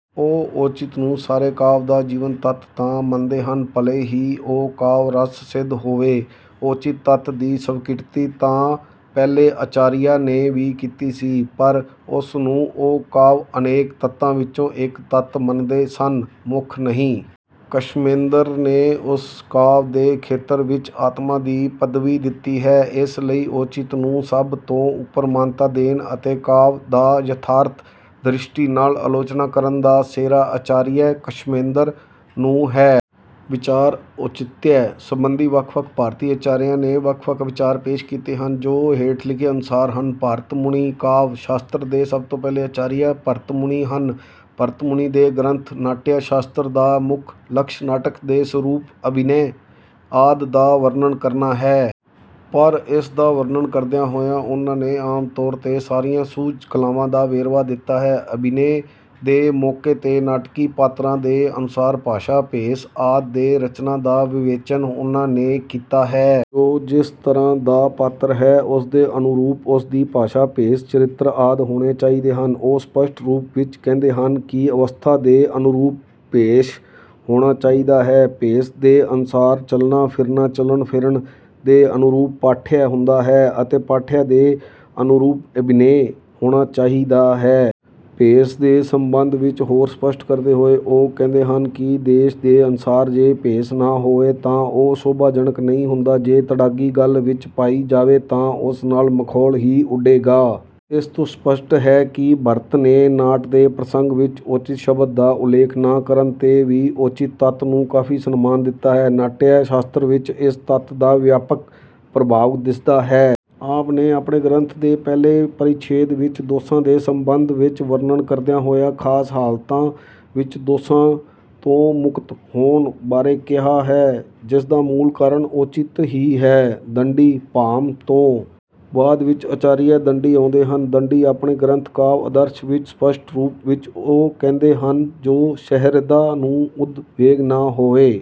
ਉਹ ਔਚਿੱਤ ਨੂੰ ਸਾਰੇ ਕਾਵਿ ਦਾ ਜੀਵਨ ਤੱਤ ਤਾਂ ਮੰਨਦੇਹਨ ਭਲੇ ਹੀ ਉਹ ਕਾਵਿ ਰਸ ਸਿੱਧ ਹੋਵੇ। ਔਚਿੱਤ ਤੱਤ ਦੀ ਸਵੀਕਿਰਤੀ ਤਾਂ ਪਹਿਲੇ ਆਚਾਰੀਆਂ ਨੇ ਵੀ ਕੀਤੀ ਸੀ, ਪਰ ਉਸਨੂੰ ਉਹ ਕਾਵਿ ਅਨੇਕ ਤੱਤਾਂ ਵਿੱਚੋਂ ਇੱਕ ਤੱਤ ਮੰਨਦੇ ਸਨ, ਮੁੱਖ ਨਹੀਂ। ਕਸ਼ਮੇਂਦਰ ਨੇ ਉਸਨੂੰ ਕਾਵਿ ਦੇ ਖੇਤਰ ਵਿੱਚ ਆਤਮਾ ਦੀ ਪੱਦਵੀ ਦਿੱਤੀ ਹੈ, ਇਸ ਲਈ ਔਚਿੱਤ ਨੂੰ ਸਭ ਤੋਂ ਉੱਪਰ ਮਾਨਤਾ ਦੇਣ ਅਤੇ ਕਾਵਿ ਦਾ ਯਥਾਰਥ ਦ੍ਰਿਸ਼ਟੀ ਨਾਲ ਆਲੋਚਨਾ ਕਰਨ ਦਾ ਸਿਹਰਾ ਆਚਾਰੀਆ ਕਸ਼ਮੇਂਦਰ ਨੂੰ ਹੈ। ਵਿਚਾਰ ਔਚਿਤਯ ਸੰਬੰਧੀ ਵੱਖ-ਵੱਖ ਭਾਰਤੀ ਆਚਾਰੀਆ ਨੇ ਵੱਖ-ਵੱਖ ਵਿਚਾਰ ਪੇਸ਼ ਕੀਤੇ ਹਨ, ਜੋ ਹੇਠ ਲਿਖੇ ਅਨੁਸਾਰ ਹਨ:- ਭਰਤ ਮੁਨੀ:- ਕਾਵਿ ਸ਼ਾਸਤਰ ਦੇ ਸਭ ਤੋਂ ਪਹਿਲੇ ਆਚਾਰੀਆ ਭਰਤਮੁਨੀ ਹਨ। ਭਰਤ ਮੁਨੀ ਦੇ ਗ੍ਰੰਥ "ਨਾਟਯ ਸ਼ਾਸਤਰ" ਦਾ ਮੁੱਖ ਲਕਸ਼ ਨਾਟਕ ਦੇ ਸਰੂਪ ਅਭਿਨੈ ਆਦਿ ਦਾ ਵਰਣਨ ਕਰਨਾ ਹੈ। ਪਰ ਇਸਦਾ ਵਰਣਨ ਕਰਦਿਆਂ ਹੋਇਆਂ ਉਨ੍ਹਾਂ ਨੇ ਆਮ ਤੌਰ ਤੇ ਸਾਰੀਆਂ ਸੁਹਜ ਕਲਾਵਾਂ ਦਾ ਵੇਰਵਾ ਦਿੱਤਾ ਹੈ। ਅਭਿਨੈ ਦੇ ਮੌਕੇ ਤੇ ਨਾਟਕੀ ਪਾਤਰਾਂ ਦੇ ਅਨੁਸਾਰ ਭਾਸ਼ਾ, ਭੇਸ ਆਦਿ ਦੇ ਰਚਨਾ ਦਾ ਵਿਵੇਚਨ ਉਹਨਾਂ ਨੇ ਕੀਤਾ ਹੈ। ਜੋ ਜਿਸ ਤਰ੍ਹਾਂ ਦਾ ਪਾਤਰ ਹੈ। ਉਸਦੇ ਅਨੁਰੂਪ, ਉਸਦੀ ਭਾਸ਼ਾ, ਭੇਸ, ਚਰਿੱਤਰ ਆਦਿ ਹੋਣੇ ਚਾਹੀਦੇ ਹਨ। ਉਹ ਸਪੱਸ਼ਟ ਰੂਪ ਵਿੱਚ ਕਹਿੰਦੇ ਹਨ ਕਿ "ਅਵਸਥਾ ਦੇ ਅਨੁਰੂਪ ਭੇਸ਼ ਹੋਣਾ ਚਾਹੀਦਾ ਹੈ"। ਭੇਸ ਦੇ ਅਨੁਸਾਰ ਚੱਲਣਾ, ਫਿਰਨਾ, ਚੱਲਣ-ਫਿਰਨ ਦੇ ਅਨੁਰੂਪ ਪਾਠਯ ਹੁੰਦਾ ਹੈ ਅਤੇ ਪਾਠਯ ਦੇ ਅਨੁਰੂਪ ਅਭਿਨੈ ਹੋਣਾ ਚਾਹੀਦਾ ਹੈ। ਭੇਸ ਦੇ ਸੰਬੰਧ ਵਿੱਚ ਹੋਰ ਸਪੱਸ਼ਟ ਕਰਦੇ ਹੋਏ ਉਹ ਕਹਿੰਦੇ ਹਨ ਕਿ ਦੇਸ਼ ਦੇ ਅਨੁਸਾਰ ਜੇ ਭੇਸ ਨਾ ਹੋਵੇ ਤਾਂ ਉਹ ਸ਼ੋਭਾ ਜਨਕ ਨਹੀਂ ਹੁੰਦਾ। ਜੇ ਤੜਾਗੀ ਗਲ ਵਿੱਚ ਪਾਈ ਜਾਵੇ, ਤਾਂ ਉਸ ਨਾਲ ਮਾਖੌਲ ਹੀ ਉਡੇਗਾ। ਇਸ ਤੋਂ ਸਪੱਸ਼ਟ ਹੈ ਕਿ ਭਰਤ ਨੇ ਨਾਟ ਦੇ ਪ੍ਰਸੰਗ ਵਿੱਚ ਔਚਿੱਤ ਸ਼ਬਦ ਦਾ ਉਲੇਖ ਨਾ ਕਰਨ ਤੇ ਵੀ "ਔਚਿੱਤ" ਤੱਤ ਨੂੰ ਕਾਫ਼ੀ ਸਨਮਾਨ ਦਿੱਤਾ ਹੈ। ਨਾਟਯ ਸ਼ਾਸਤਰ ਵਿੱਚ ਇਸ ਤੱਤ ਦਾ ਵਿਆਪਕ ਪ੍ਰਭਾਵ ਦਿੱਸਦਾ ਹੈ। ਆਪ ਨੇ ਆਪਣੇ ਗ੍ਰੰਥ ਦੇ ਪਹਿਲੇ ਪਰਿਛੇਦ ਵਿੱਚ ਦੋਸਾਂ ਦੇ ਸੰਬੰਧਵਿੱਚ ਵਰਣਨ ਕਰਦਿਆਂ ਹੋਇਆ ਖ਼ਾਸ ਹਾਲਤਾਂ ਵਿੱਚ ਦੋਸ਼ਾਂ ਤੋਂ ਮੁਕਤ ਹੋਣ ਬਾਰੇ ਕਿਹਾ ਹੈ। ਜਿਸਦਾ ਮੂਲ ਕਾਰਨ ਔਚਿੱਤ ਹੀ ਹੈ। ਦੰਡੀ:- ਭਾਮਹ ਤੋਂ ਬਾਅਦ ਆਚਾਰੀਆ ਦੰਡੀ ਆਉਂਦੇ ਹਨ| ਦੰਡੀ ਆਪਣੇ ਗ੍ਰੰਥ 'ਕਾਵਿ ਆਦਰਸ਼' ਵਿੱਚ ਸਪੱਸ਼ਟ ਰੂਪ ਵਿੱਚ ਉਹ ਕਹਿੰਦੇ ਹਨ ਜੋ ਸ਼ਹਿਰਦਾਂ ਨੂੰ ਉਦਵੇਗ ਨਾ ਹੋਵੇ